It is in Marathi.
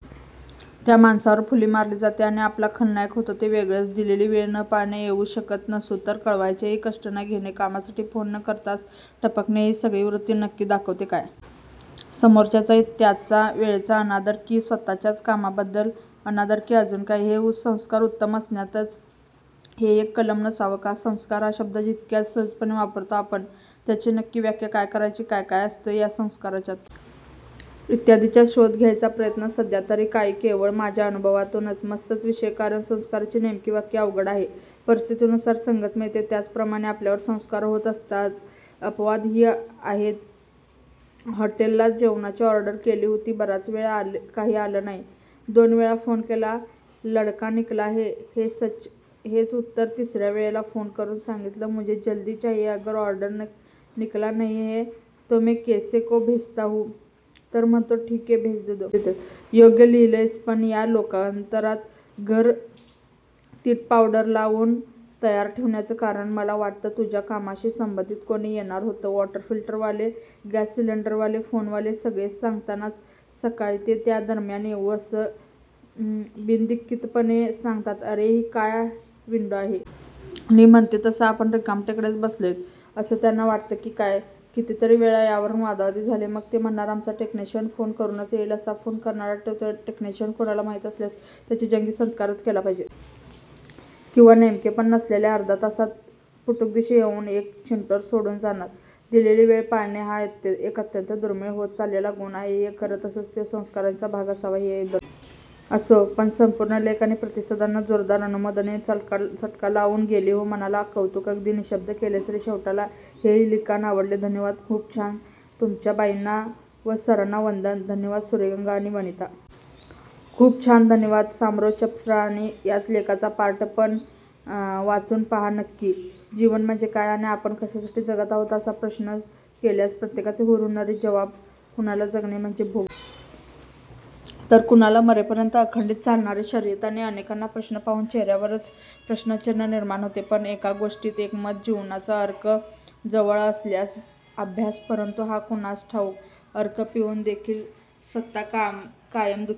त्या माणसावर फुली मारली जाते. आणि आपला खलनायक होतो ते वेगळंच. दिलेली वेळ न पाळणे, येऊ शकत नसू तर कळवायचेही कष्ट न घेणे, कामासाठी फोन न करताच टपकणे ही सगळी वृत्ती नक्की काय दाखवते? समोरच्याचा/ त्याच्या वेळेचा अनादर? की स्वतःच्याच कामाबद्दल अनादर? की अजून काही? हे संस्कार उत्तम असण्यातलं हे एक कलम नसावं का? संस्कार हा शब्द इतक्या सहजपणे वापरतो आपण. त्याची नक्की व्याख्या काय करायची? काय काय असतं या संस्कारांच्यात? इत्यादीचा शोध घ्यायचा प्रयत्न. सध्यातरी केवळ माझ्या अनुभवातून. मस्तच विषय, कारण संस्काराची नेमकी व्याख्या अवघडच आहे, परिस्थितीनुसार संगत मिळते, त्याप्रमाणे आपल्यावर संस्कार होत असतातयाला अपवाद ही आहेतपटेश! हॉटेल ला जेवणाची ऑर्डर केली होती, बराच वेळ काही आलं नाही, दोन वेळा फोन केला 'लडका निकला है' हेच उत्तर, तिसर्या वेळेला फोन करुन सांगितल 'मुझे जल्दी चाहिये अगर ऑर्डर निकला नही है तो मै किसे को भेजता हु'तर म्हणतो ठिक है भेज दो.. योग्य लिहिलयस. पण या लोकांकरता घर तीटपावडरलावून तयार ठेवण्याचं कारण? मला वाटलं तुझ्या कामाशी संबंधित कोणी येणार होतं. वॉटर फिल्टरवाले, गॅससिलिंडरवाले, फोनवाले, सगळे सांगतानाच सकाळी ते या दरम्यान येऊ असं बिनदिक्कितपणे सांगतात. अरे ही काय विंडो आहे? नी म्हणते तसं आपण रिकामटेकडेच बसलोयत असं त्यांना वाटत की काय. कितीतरी वेळा यावरून वादावादी झालेय. मग ते म्हणणार "आमचा टेक्निशियन फोन करूनच येईल. " असा फोन करून येणारा टेक्निशियन कोणाला माहित असल्यास त्याचा जंगी सत्कारच केला पाहिजे. किंवा नेमके आपण नसलेल्या अर्ध्या तासात पुटुकदिशी येऊन एक चिठोरं सोडून जाणार. दिलेली वेळ पाळणे हा एक अत्यंत दुर्मिळ होत चालेलेला गुण आहे हे खरं. तसंच तो संस्कारांचा भाग असावा हे ही बरोबर. असो पण.. संपूर्ण लेख आणि प्रतिसादांना जोरदार अनुमोदननी, चटका लावुन गेली हो मनाला! कौतूक, अगदी निशब्द केलस रे शेवटाला. हे ही लिखाण आवडलेधन्यवाद. खूप छानतुमच्या बाईंना व सरांना वंदन __/\_ _धन्यवाद सुर्यगंगा आणि विनिता. खूप छानधन्यवाद सामो, च्रप्स आणि. याच लेखाचा पार्ट पण वाचून पहा नक्की 'जीवन म्हणजे काय? ' आणि 'आपण कशासाठी जगात आहोत? ' असा प्रश्न केल्यास प्रत्येकाचे हरहुन्नरी जबाब. कुणाला जगणे म्हणजे 'भोग' वाटतात. तर कुणाला मरेपर्यंत अखंडित चालणारी शर्यत. आणि अनेकांना प्रश्न पाहून चेहऱ्यावरच प्रश्नचिन्ह निर्माण होते. पण एका गोष्टीत एकमत. जीवनचा 'अर्क' जवळ असल्याचा आभास. परंतु, का कुणास ठाऊक अर्क पिऊन देखील स्वतः कायम दु:खी.